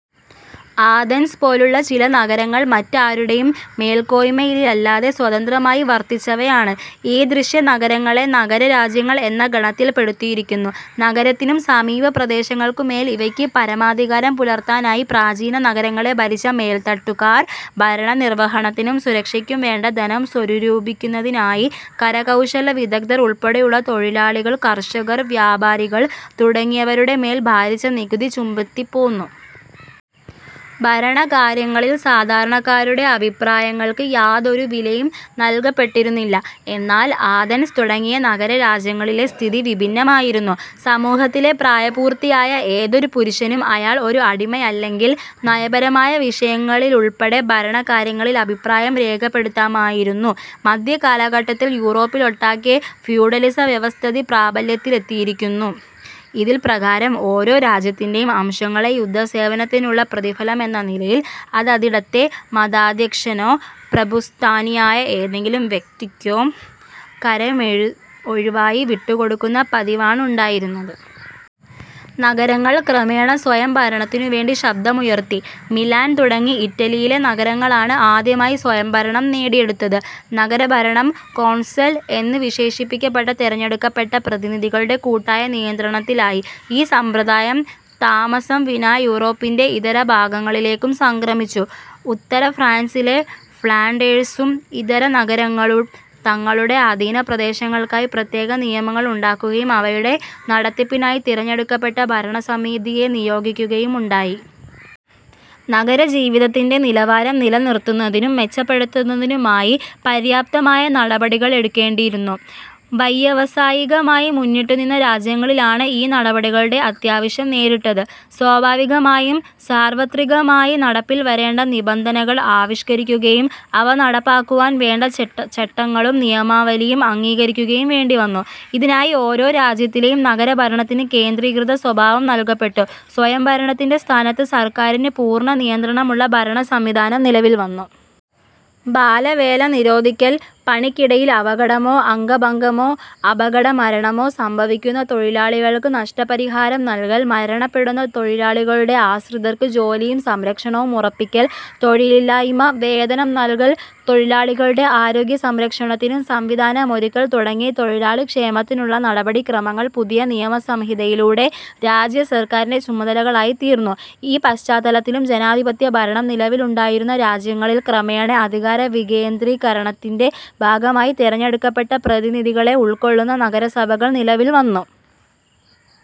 Athens പോലുള്ള ചില നഗരങ്ങൾ മറ്റാരുടെയും മേൽക്കോയ്മയിലല്ലാതെ സ്വതന്ത്രമായി വർത്തിച്ചവയാണ്. ഈദൃശ നഗരങ്ങളെ 'നഗര രാജ്യങ്ങൾ' എന്ന ഗണത്തിൽപ്പെടുത്തിയിരിക്കുന്നു. നഗരത്തിനും സമീപപ്രദേശങ്ങൾക്കുംമേൽ ഇവയ്ക്ക് പരമാധികാരം പുലർത്താനായി. പ്രാചീന നഗരങ്ങളെ ഭരിച്ച മേൽത്തട്ടുകാർ ഭരണനിർവഹണത്തിനും സുരക്ഷയ്ക്കുംവേണ്ട ധനം സ്വരൂപിക്കുന്നതിനായി കരകൌശലവിദഗ്ദ്ധർ ഉൾപ്പെടെയുള്ള തൊഴിലാളികൾ, കർഷകർ, വ്യാപാരികൾ തുടങ്ങിയവരുടെമേൽ ഭാരിച്ച നികുതി ചുമത്തിപ്പോന്നു. ഭരണകാര്യങ്ങളിൽ സാധാരണക്കാരുടെ അഭിപ്രായങ്ങൾക്ക് യാതൊരു വിലയും നല്കപ്പെട്ടിരുന്നില്ല. എന്നാൽ ആഥൻസ് തുടങ്ങിയ നഗരരാജ്യങ്ങളിലെസ്ഥിതി വിഭിന്നമായിരുന്നു. സമൂഹത്തിലെ പ്രായപൂർത്തിയായ ഏതൊരു പുരുഷനും, അയാൾ ഒരു അടിമയല്ലെങ്കിൽ, നയപരമായ വിഷയങ്ങളിലുൾപ്പെടെ ഭരണകാര്യങ്ങളിൽ അഭിപ്രായം രേഖപ്പെടുത്താമായിരുന്നു. മധ്യകാലഘട്ടത്തിൽ യൂറോപ്പിലൊട്ടാകെ ഫ്യൂഡലിസ വ്യവസ്ഥിതി പ്രാബല്യത്തിലെത്തിയിരുന്നു. ഇതിൻപ്രകാരം ഓരോ രാജ്യത്തിന്റെയും അംശങ്ങളെ യുദ്ധസേവനത്തിനുള്ള പ്രതിഫലമെന്ന നിലയിൽ, അതതിടത്തെ മതാധ്യക്ഷനോ പ്രഭുസ്ഥാനീയനായ ഏതെങ്കിലും വ്യക്തിക്കോ കരമൊഴിവായി വിട്ടുകൊടുക്കുന്ന പതിവാണുണ്ടായിരുന്നത്. നഗരങ്ങൾ ക്രമേണ സ്വയംഭരണത്തിനുവേണ്ടി ശബ്ദമുയർത്തി. മിലാൻ തുടങ്ങി ഇറ്റലിയിലെ നഗരങ്ങളാണ് ആദ്യമായി സ്വയംഭരണം നേടിയെടുത്തത്; നഗരഭരണം കോൺസൽ എന്ന് വിശേഷിപ്പിക്കപ്പെട്ട തെരഞ്ഞെടുക്കപ്പെട്ട പ്രതിനിധികളുടെ കൂട്ടായ നിയന്ത്രണത്തിലായി. ഈ സമ്പ്രദായം താമസംവിനാ യൂറോപ്പിന്റെ ഇതരഭാഗങ്ങളിലേക്കും സംക്രമിച്ചു. ഉത്തരഫ്രാൻസിലെ ഫ്ളാൻഡേഴ്സും ഇതര നഗരങ്ങളും തങ്ങളുടെ അധീനപ്രദേശങ്ങൾക്കായി പ്രത്യേക നിയമങ്ങളുണ്ടാക്കുകയും അവയുടെ നടത്തിപ്പിനായി തെരഞ്ഞെടുക്കപ്പെട്ട ഭരണസമിതിയെ നിയോഗിക്കുകയുമുണ്ടായി. നഗരജീവിതത്തിന്റെ നിലവാരം നിലനിർത്തുന്നതിനും മെച്ചപ്പെടുത്തുന്നതിനുമായി പര്യാപ്തമായ നടപടികൾ എടുക്കേണ്ടിയിരുന്നു. വൈയവസായികമായി മുന്നിട്ടുനിന്ന രാജ്യങ്ങളിലാണ് ഈ നടപടികളുടെ അത്യാവശ്യം നേരിട്ടത്. സ്വാഭാവികമായും സാർവത്രികമായി നടപ്പിൽവരേണ്ട നിബന്ധനകൾ ആവിഷ്കരിക്കുകയും അവ നടപ്പാക്കുവാൻവേണ്ട ചട്ടങ്ങളും നിയമാവലിയും അംഗീകരിക്കുകയും വേണ്ടിവന്നു. ഇതിനായി ഓരോ രാജ്യത്തിലെയും നഗരഭരണത്തിന് കേന്ദ്രീകൃത സ്വഭാവം നല്കപ്പെട്ടു. സ്വയംഭരണത്തിന്റെ സ്ഥാനത്ത് സർക്കാരിന് പൂർണനിയന്ത്രണമുള്ള ഭരണസംവിധാനം നിലവിൽവന്നു. ബാലവേല നിരോധിക്കൽ, പണിക്കിടയിൽ അപകടമോ അംഗഭംഗമോ, അപകടമരണമോ സംഭവിക്കുന്ന തൊഴിലാളികൾക്ക് നഷ്ടപരിഹാരം നല്കൽ, മരണപ്പെടുന്ന തൊഴിലാളികളുടെ ആശ്രിതർക്ക് ജോലിയും സംരക്ഷണവും ഉറപ്പിക്കൽ, തൊഴിലില്ലായ്മ വേതനം നല്കൽ, തൊഴിലാളികളുടെ ആരോഗ്യസംരക്ഷണത്തിനു സംവിധാനമൊരുക്കൽ തുടങ്ങി തൊഴിലാളിക്ഷേമത്തിനുള്ള നടപടിക്രമങ്ങൾ പുതിയ നിയമസംഹിതയിലൂടെ രാജ്യസർക്കാരിന്റെ ചുമതലകളായിത്തീർന്നു. ഈ പശ്ചാത്തലത്തിലും ജനാധിപത്യഭരണം നിലവിലുണ്ടായിരുന്ന രാജ്യങ്ങളിൽ ക്രമേണ അധികാരവികേന്ദ്രീകരണത്തിന്റെ ഭാഗമായി തെരഞ്ഞെടുക്കപ്പെട്ട പ്രതിനിധികളെ ഉൾക്കൊള്ളുന്ന നഗരസഭകൾ നിലവിൽവന്നു.